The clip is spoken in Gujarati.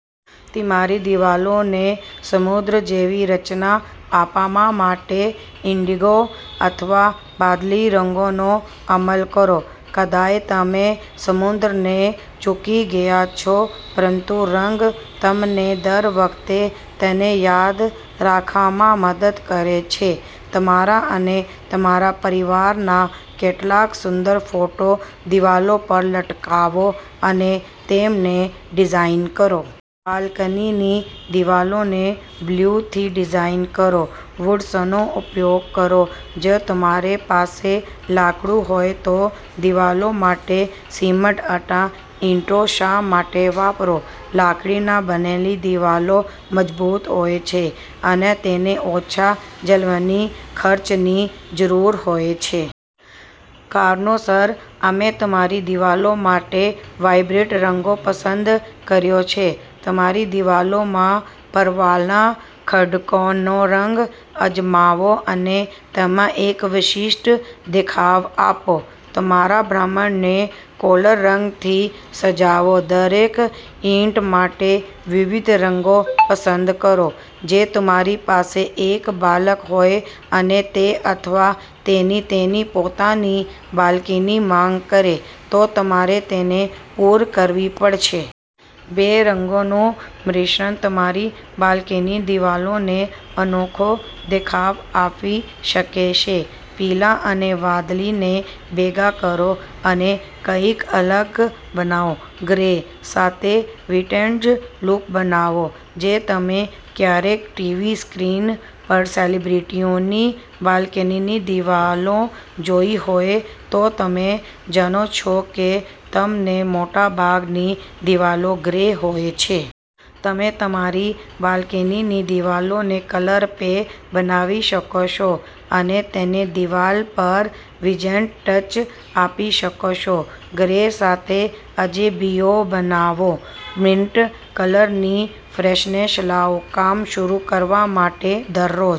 તમારી દિવાલોને સમુદ્ર જેવી રચના આપવા માટે ઈન્ડિગો અથવા વાદળી રંગોનો અમલ કરો. કદાચ તમે સમુદ્રને ચૂકી ગયા છો, પરંતુરંગ તમને દર વખતે તેને યાદ રાખવામાં મદદ કરશે. તમારા અને તમારા પરિવારના કેટલાક સુંદર ફોટો દિવાલો પર લટકાવો અને તેમને ડિઝાઇન કરો. બાલ્કનીની દિવાલોને બ્લુથી ડિઝાઇન કરો વુડ્સનો ઉપયોગ કરો જો તમારી પાસે લાકડું હોય તો દિવાલો માટે સિમેન્ટ અને ઇંટો શા માટે વાપરો? લાકડાની બનેલી દિવાલો મજબૂત હોય છે અને તેને ઓછા જાળવણી ખર્ચની જરૂર હોય છે. કારણોસર, અમે તમારી દિવાલો માટે માત્ર વાઇબ્રન્ટ રંગો પસંદ કર્યો છે. તમારી દિવાલોમાં પરવાળાના ખડકોનોરંગ અજમાવો અને તેને એક વિશિષ્ટ દેખાવ આપો. તમારા બાહ્યને કોરલ રંગથી સજાવો દરેક ઈંટ માટે વિવિધ રંગો પસંદ કરો જો તમારી પાસે એક બાળક હોય અને તે અથવા તેણી તેની પોતાની બાલ્કનીની માંગ કરે, તો તમારે તેને પૂર્ણ કરવી પડશે. બે રંગોનું મિશ્રણ તમારી બાલ્કનીની દિવાલોને અનોખો દેખાવ આપી શકે છે. પીળા અને વાદળીને ભેગા કરો અને કંઈક અલગ બનાવો ગ્રે સાથે વિટેજ લુક બનાવો જો તમે ક્યારેય ટીવી સ્ક્રીન પર સેલિબ્રિટીઓની બાલ્કનીની દિવાલો જોઈ હોય, તો તમે જાણો છો કે તેમની મોટાભાગની દિવાલો ગ્રે હોય છે. તમે તમારી બાલ્કનીની દિવાલને કલર પણ બનાવી શકો છો અને તેને દિવાલ પર વિટેજ ટચ આપી શકો છો. ગ્રે સાથે અજાબીઓ બનાવો મિન્ટ કલરની ફ્રેશનેસ લાવો કામ શરૂ કરવા માટે દરરોજ